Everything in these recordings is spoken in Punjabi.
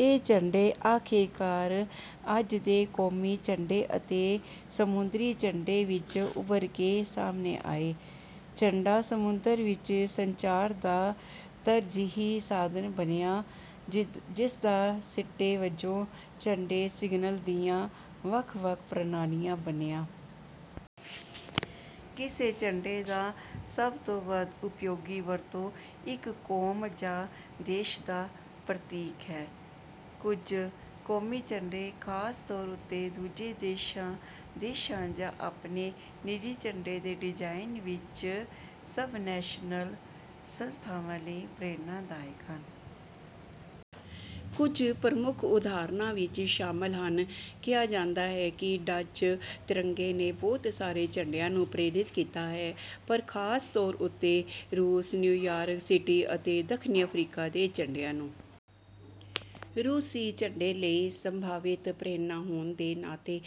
ਇਹ ਝੰਡੇ ਆਖਿਰਕਾਰ ਅੱਜ ਦੇ ਕੌਮੀ ਝੰਡੇ ਅਤੇ ਸਮੁੰਦਰੀ ਝੰਡੇ ਵਿੱਚ ਉੱਭਰ ਕੇ ਸਾਹਮਣੇ ਆਏ। ਝੰਡਾ ਸਮੁੰਦਰ ਵਿੱਚ ਸੰਚਾਰ ਦਾ ਤਰਜੀਹੀ ਸਾਧਨ ਬਣਿਆ ਜਿਸਦਾ ਸਿੱਟੇ ਵਜੋਂ ਝੰਡੇ ਸਿਗਨਲ ਦੀਆਂ ਵੱਖ ਵੱਖ ਪ੍ਰਣਾਲੀਆਂ ਬਣਿਆ। ਕਿਸੇ ਝੰਡੇ ਦਾ ਸਭ ਤੋਂ ਵੱਧ ਉਪਯੋਗੀ ਵਰਤੋਂ ਇੱਕ ਕੌਮ ਜਾਂ ਦੇਸ਼ ਦਾ ਪ੍ਰਤੀਕ ਹੈ। ਕੁਝ ਕੌਮੀ ਝੰਡੇ ਖਾਸ ਤੌਰ ਉੱਤੇ ਦੂਜੇ ਦੇਸ਼ਾਂ ਦੇਸ਼ਾਂ ਜਾਂ ਆਪਣੇ ਨਿੱਜੀ ਝੰਡੇ ਦੇ ਡਿਜ਼ਾਇਨ ਵਿੱਚ ਸਬਨੈਸ਼ਨਲ ਸੰਸਥਾਵਾਂ ਲਈ ਪ੍ਰੇਰਨਾਦਾਇਕ ਹਨ। ਕੁਝ ਪ੍ਰਮੁੱਖ ਉਦਾਹਰਨਾਂ ਵਿੱਚ ਸ਼ਾਮਲ ਹਨ। ਕਿਹਾ ਜਾਂਦਾ ਹੈ ਕਿ ਡੱਚ ਤਿਰੰਗੇ ਨੇ ਬਹੁਤ ਸਾਰੇ ਝੰਡਿਆਂ ਨੂੰ ਪ੍ਰੇਰਿਤ ਕੀਤਾ ਹੈ ਪਰ ਖਾਸ ਤੌਰ ਉੱਤੇ ਰੂਸ ਨਿਊਯਾਰਕ ਸਿਟੀ ਅਤੇ ਦੱਖਣੀ ਅਫਰੀਕਾ ਦੇ ਝੰਡਿਆਂ ਨੂੰ। ਰੂਸੀ ਝੰਡੇ ਲਈ ਸੰਭਾਵਿਤ ਪ੍ਰੇਰਨਾ ਹੋਣ ਦੇ ਨਾਤੇ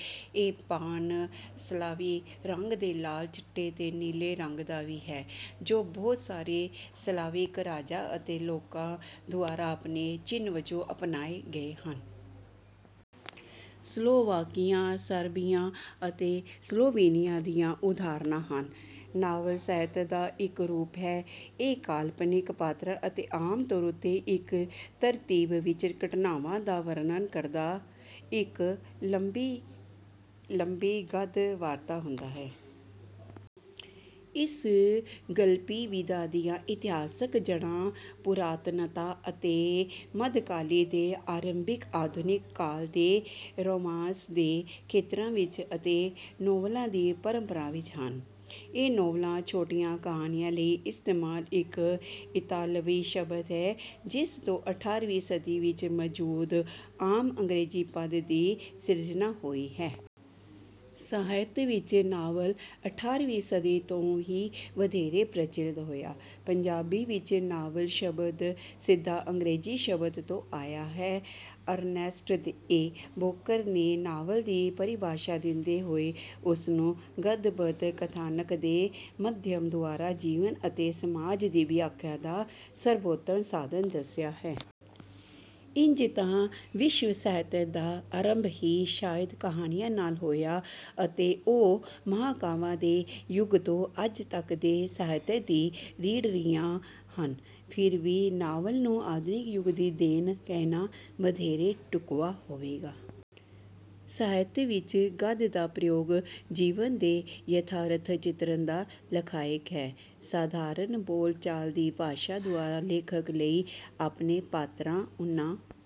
ਇਹ ਪਾਨ ਸਲਾਵੀ ਰੰਗ ਦੇ ਲਾਲ ਚਿੱਟੇ ਤੇ ਨੀਲੇ ਰੰਗ ਦਾ ਵੀ ਹੈ ਜੋ ਬਹੁਤ ਸਾਰੇ ਸਲਾਵਿਕ ਰਾਜਾਂ ਅਤੇ ਲੋਕਾਂ ਦੁਆਰਾ ਆਪਣੇ ਚਿੰਨ੍ਹ ਵਜੋਂ ਅਪਣਾਏ ਗਏ ਹਨ। ਸਲੋਵਾਕੀਆ ਸਰਬੀਆ ਅਤੇ ਸਲੋਵੀਨੀਆ ਦੀਆਂ ਉਦਾਹਰਣਾਂ ਹਨ। ਨਾਵਲ ਸਾਹਿਤ ਦਾ ਇੱਕ ਰੂਪ ਹੈ। ਇਹ ਕਾਲਪਨਿਕ ਪਾਤਰਾਂ ਅਤੇ ਆਮ ਤੌਰ ਉੱਤੇ ਇੱਕ ਤਰਤੀਬ ਵਿੱਚ ਘਟਨਾਵਾਂ ਦਾ ਵਰਣਨ ਕਰਦਾ ਇੱਕ ਲੰਬੀ ਗਦ ਵਾਰਤਾ ਹੁੰਦਾ ਹੈ। ਇਸ ਗਲਪੀ ਵਿਧਾ ਦੀਆਂ ਇਤਿਹਾਸਕ ਜੜਾਂ ਪੁਰਾਤਨਤਾ ਅਤੇ ਮਧਕਾਲੀ ਤੇ ਆਰੰਭਿਕ ਆਧੁਨਿਕ ਕਾਲ ਦੇ ਰੋਮਾਂਸ ਦੇ ਖੇਤਰਾਂ ਵਿੱਚ ਅਤੇ ਨੋਵਲਾ ਦੀ ਪਰੰਪਰਾ ਵਿੱਚ ਹਨ। ਇਹ ਨੋਵਲਾ ਛੋਟੀਆਂ ਕਹਾਣੀਆਂ ਲਈ ਇਸਤੇਮਾਲ ਇੱਕ ਇਤਾਲਵੀ ਸ਼ਬਦ ਹੈ ਜਿਸ ਤੋਂ ਅਠਾਰਵੀਂ ਸਦੀ ਵਿੱਚ ਮੌਜੂਦ ਆਮ ਅੰਗਰੇਜ਼ੀ ਪਦ ਦੀ ਸਿਰਜਣਾ ਹੋਈ ਹੈ। ਸਾਹਿਤ ਵਿੱਚ ਨਾਵਲ ਅਠਾਰ੍ਹਵੀ ਸਦੀ ਤੋਂ ਹੀ ਵਧੇਰੇ ਪ੍ਰਚਲਿਤ ਹੋਇਆ। ਪੰਜਾਬੀ ਵਿੱਚ ਨਾਵਲ ਸ਼ਬਦ ਸਿਧਾ ਅੰਗਰੇਜ਼ੀ ਸ਼ਬਦ ਤੋਂ ਆਇਆ ਹੈ। ਅਰਨੈਸਟ ਏ ਬੇਕਰ ਨੇ ਨਾਵਲ ਦੀ ਪਰਿਭਾਸ਼ਾ ਦਿੰਦੇ ਹੋਏ ਉਸਨੂੰ ਗਦਬੱਧ ਕਥਾਨਕ ਦੇ ਮਾਧਿਅਮ ਦੁਆਰਾ ਜੀਵਨ ਅਤੇ ਸਮਾਜ ਦੀ ਵਿਆਖਿਆ ਦਾ ਸਰਬੋਤਮ ਸਾਧਨ ਦੱਸਿਆ ਹੈ। ਇੰਜ ਤਾਂ ਵਿਸ਼ਵ ਸਾਹਿਤ ਦਾ ਅਰੰਭ ਹੀ ਸ਼ਾਇਦ ਕਹਾਣੀਆਂ ਨਾਲ ਹੋਇਆ ਅਤੇ ਉਹ ਮਹਾਂਕਾਵਾਂ ਦੇ ਯੁੱਗ ਤੋਂ ਅੱਜ ਤੱਕ ਦੇ ਸਾਹਿਤ ਦੀ ਰੀੜ ਰਹੀਆਂ ਹਨ ਫਿਰ ਵੀ ਨਾਵਲ ਨੂੰ ਆਧੁਨਿਕ ਯੁੱਗ ਦੀ ਦੇਣ ਕਹਿਣਾ ਵਧੇਰੇ ਢੁਕਵਾਂ ਹੋਵੇਗਾ। ਸਾਹਿਤ ਵਿੱਚ ਗਦ ਦਾ ਪ੍ਰਯੋਗ ਜੀਵਨ ਦੇ ਯਥਾਰਥ ਚਿਤਰਣ ਦਾ ਲਖਾਇਕ ਹੈ। ਸਧਾਰਣ ਬੋਲ ਚਾਲ ਦੀ ਭਾਸ਼ਾ ਦੁਆਰਾ ਲੇਖਕ ਲਈ ਆਪਣੇ ਪਾਤਰਾਂ ਉਨ੍ਹਾਂ